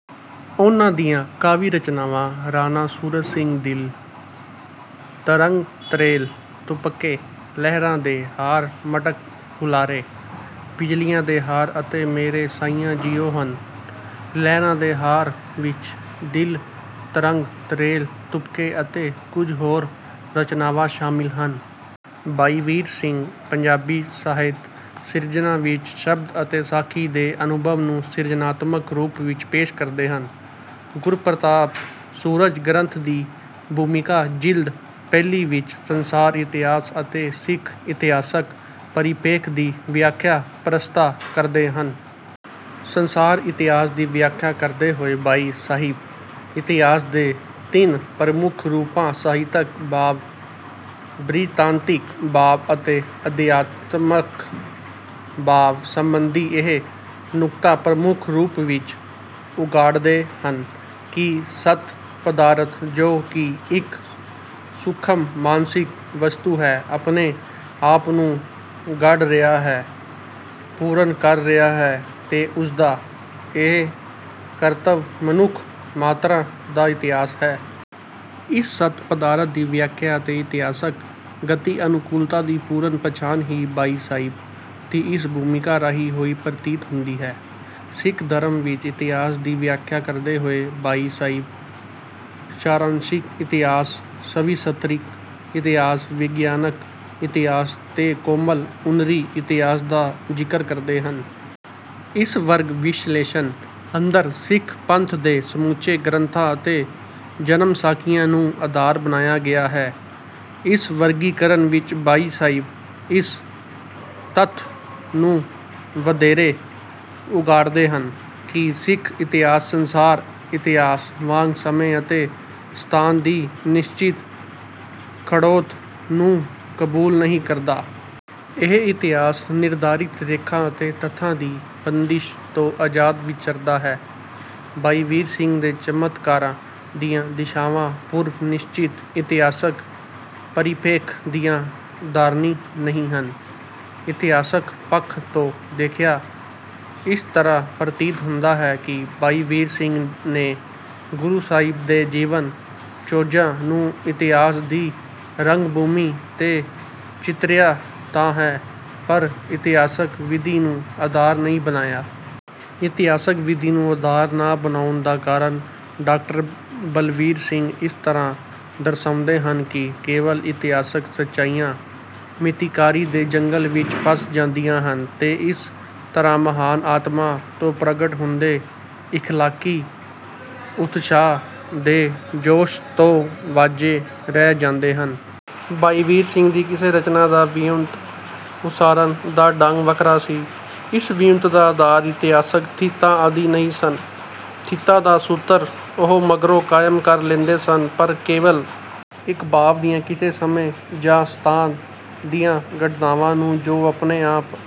ਉਨ੍ਹਾਂ ਦੀਆਂ ਕਾਵਿ ਰਚਨਾਵਾਂ ਰਾਣਾ ਸੂਰਤ ਸਿੰਘ ਦਿਲ ਤਰੰਗ ਤ੍ਰੇਲ ਤੁਪਕੇ ਲਹਿਰਾਂ ਦੇ ਹਾਰ ਮਟਕ ਹੁਲਾਰੇ ਬਿਜਲੀਆਂ ਦੇ ਹਾਰ ਅਤੇ ਮੇਰੇ ਸਾਈਆਂ ਜੀਓ ਹਨ। ਲਹਿਰਾਂ ਦੇ ਹਾਰ ਵਿੱਚ ਦਿਲ ਤਰੰਗ ਤ੍ਰੇਲ ਤੁਪਕੇ ਅਤੇ ਕੁਝ ਹੋਰ ਰਚਨਾਵਾਂ ਸ਼ਾਮਿਲ ਹਨ। ਭਾਈ ਵੀਰ ਸਿੰਘ ਪੰਜਾਬੀ ਸਾਹਿਤ ਸਿਰਜਨਾ ਵਿੱਚ ਸ਼ਬਦ ਅਤੇ ਸਾਖੀ ਦੇ ਅਨੁਭਵ ਨੂੰ ਸਿਰਜਨਾਤਮਕ ਰੂਪ ਵਿੱਚ ਪੇਸ਼ ਕਰਦੇ ਹਨ। ਗੁਰ ਪ੍ਰਤਾਪ ਸੂਰਜ ਗ੍ਰੰਥ ਦੀ ਭੂਮਿਕਾ ਜਿਲਦ ਪਹਿਲੀ ਵਿੱਚ ਸੰਸਾਰ ਇਤਿਹਾਸ ਅਤੇ ਸਿੱਖ ਇਤਿਹਾਸਕ ਪਰਿਪੇਖ ਦੀ ਵਿਆਖਿਆ ਪ੍ਰਸਤਾ ਕਰਦੇ ਹਨ। ਸੰਸਾਰ ਇਤਿਹਾਸ ਦੀ ਵਿਆਖਿਆ ਕਰਦੇ ਹੋਏ ਭਾਈ ਸਾਹਿਬ ਇਤਿਹਾਸ ਦੇ ਤਿੰਨ ਪ੍ਰਮੁੱਖ ਰੂਪਾਂ ਸਾਹਿਤਕ ਭਾਵ ਬ੍ਰਿਤਾਂਤਿਕ ਭਾਵ ਅਤੇ ਅਧਿਆਤਮਕ ਭਾਵ ਸੰਬੰਧੀ ਇਹ ਨੁਕਤਾ ਪ੍ਰਮੁਖ ਰੂਪ ਵਿੱਚ ਉਘਾੜਦੇ ਹਨ ਕਿ ਸੱਤ ਪਦਾਰਥ ਜੋ ਕਿ ਇੱਕ ਸੂਖਮ ਮਾਨਸਿਕ ਵਸਤੂ ਹੈ ਆਪਣੇ ਆਪ ਨੂੰ ਘੜ ਰਿਹਾ ਹੈ ਪੂਰਨ ਕਰ ਰਿਹਾ ਹੈ ਤੇ ਉਸਦਾ ਇਹ ਕਰਤੱਵ ਮਨੁਖ ਮਾਤ੍ਰਾ ਦਾ ਇਤਿਹਾਸ ਹੈ। ਇਸ ਸਤ ਪਦਾਰਥ ਦੀ ਵਿਆਖਿਆ ਅਤੇ ਇਤਿਹਾਸਕ ਗਤੀ ਅਨੂਕੁਲਤਾ ਦੀ ਪੂਰਨ ਪਛਾਣ ਹੀ ਭਾਈ ਸਾਹਿਬ ਦੀ ਇਸ ਭੂਮਿਕਾ ਰਾਹੀਂ ਹੋਈ ਪ੍ਰਤੀਤ ਹੁੰਦੀ ਹੈ। ਸਿੱਖ ਧਰਮ ਵਿੱਚ ਇਤਿਹਾਸ ਦੀ ਵਿਆਖਿਆ ਕਰਦੇ ਹੋਏ ਭਾਈ ਸਾਹਿਬ ਸਾਰੰਸ਼ਿਕ ਇਤਿਹਾਸ ਸਵਿਸਥਰਿਕ ਇਤਿਹਾਸ ਵਿਗਿਆਨਕ ਇਤਿਹਾਸ ਤੇ ਕੋਮਲ ਉਨਰੀ ਇਤਿਹਾਸ ਦਾ ਜ਼ਿਕਰ ਕਰਦੇ ਹਨ। ਇਸ ਵਰਗ ਵਿਸ਼ਲੇਸ਼ਣ ਅੰਦਰ ਸਿੱਖ ਪੰਥ ਦੇ ਸਮੁਚੇ ਗ੍ਰੰਥਾਂ ਅਤੇ ਜਨਮਸਾਖੀਆਂ ਨੂੰ ਅਧਾਰ ਬਣਾਇਆ ਗਿਆ ਹੈ। ਇਸ ਵਰਗੀਕਰਨ ਵਿੱਚ ਭਾਈ ਸਾਹਿਬ ਇਸ ਤੱਥ ਨੂੰ ਵਧੇਰੇ ਉਗਾੜਦੇ ਹਨ ਕਿ ਸਿੱਖ ਇਤਿਹਾਸ ਸੰਸਾਰ ਇਤਿਹਾਸ ਵਾਂਗ ਸਮੇਂ ਅਤੇ ਸਥਾਨ ਦੀ ਨਿਸ਼ਚਿਤ ਖੜੋਤ ਨੂੰ ਕਬੂਲ ਨਹੀਂ ਕਰਦਾ। ਇਹ ਇਤਿਹਾਸ ਨਿਰਧਾਰਿਤ ਰੇਖਾ ਅਤੇ ਤਥਾ ਦੀ ਬੰਦਿਸ਼ ਤੋਂ ਅਜ਼ਾਦ ਵਿਚਰਦਾ ਹੈ। ਭਾਈ ਵੀਰ ਸਿੰਘ ਦੇ ਚਮਤਕਾਰਾਂ ਦੀਆਂ ਦਿਸ਼ਾਵਾਂ ਪੂਰਵ ਨਿਸ਼ਚਿਤ ਇਤਿਹਾਸਕ ਪਰਿਪੇਖ ਦੀਆਂ ਧਾਰਨੀ ਨਹੀਂ ਹਨ। ਇਤਿਹਾਸਕ ਪੱਖ ਤੋਂ ਦੇਖਿਆ ਇਸ ਤਰ੍ਹਾਂ ਪ੍ਰਤੀਤ ਹੁੰਦਾ ਹੈ ਕਿ ਭਾਈ ਵੀਰ ਸਿੰਘ ਨੇ ਗੁਰੂ ਸਾਹਿਬ ਦੇ ਜੀਵਨ ਚੋਜਾਂ ਨੂੰ ਇਤਿਹਾਸ ਦੀ ਰੰਗ ਭੂਮੀ ਤੇ ਚਿਤਰਿਆ ਤਾਂ ਹੈ ਪਰ ਇਤਿਹਾਸਕ ਵਿਧੀ ਨੂੰ ਆਧਾਰ ਨਹੀਂ ਬਣਾਇਆ। ਇਤਿਹਾਸਕ ਵਿਧੀ ਨੂੰ ਆਧਾਰ ਨਾ ਬਣਾਉਣ ਦਾ ਕਾਰਣ ਡਾਕਟਰ ਬਲਵੀਰ ਸਿੰਘ ਇਸ ਤਰ੍ਹਾਂ ਦਰਸਾਉਂਦੇ ਹਨ ਕਿ ਕੇਵਲ ਇਤਿਹਾਸਕ ਸਚਾਈਆਂ ਮਿਤੀਕਾਰੀ ਦੇ ਜੰਗਲ ਵਿੱਚ ਫਸ ਜਾਂਦੀਆਂ ਹਨ ਤੇ ਇਸ ਤਰ੍ਹਾਂ ਮਹਾਨ ਆਤਮਾ ਤੋਂ ਪ੍ਰਗਟ ਹੁੰਦੇ ਇਖਲਾਕੀ ਉਤਸ਼ਾਹ ਦੇ ਜੋਸ਼ ਤੋਂ ਵਾਜੇਂ ਰਹਿ ਜਾਂਦੇ ਹਨ। ਭਾਈ ਵੀਰ ਸਿੰਘ ਦੀ ਕਿਸੇ ਰਚਨਾ ਦਾ ਵਿਉਂਤ ਉਸਾਰਨ ਦਾ ਢੰਗ ਵੱਖਰਾ ਸੀ। ਇਸ ਵਿਉਂਤ ਦਾ ਆਧਾਰ ਇਤਿਹਾਸਕ ਥਿੱਤਾਂ ਆਦਿ ਨਹੀਂ ਸਨ। ਥਿੱਤਾਂ ਦਾ ਸੂਤਰ ਉਹ ਮਗਰੋਂ ਕਾਇਮ ਕਰ ਲੈਂਦੇ ਸਨ ਪਰ ਕੇਵਲ ਇੱਕ ਭਾਵ ਦੀਆਂ ਕਿਸੇ ਸਮੇਂ ਜਾਂ ਸਥਾਨ ਦੀਆਂ ਘਟਨਾਵਾਂ ਨੂੰ ਜੋ ਆਪਣੇ ਆਪ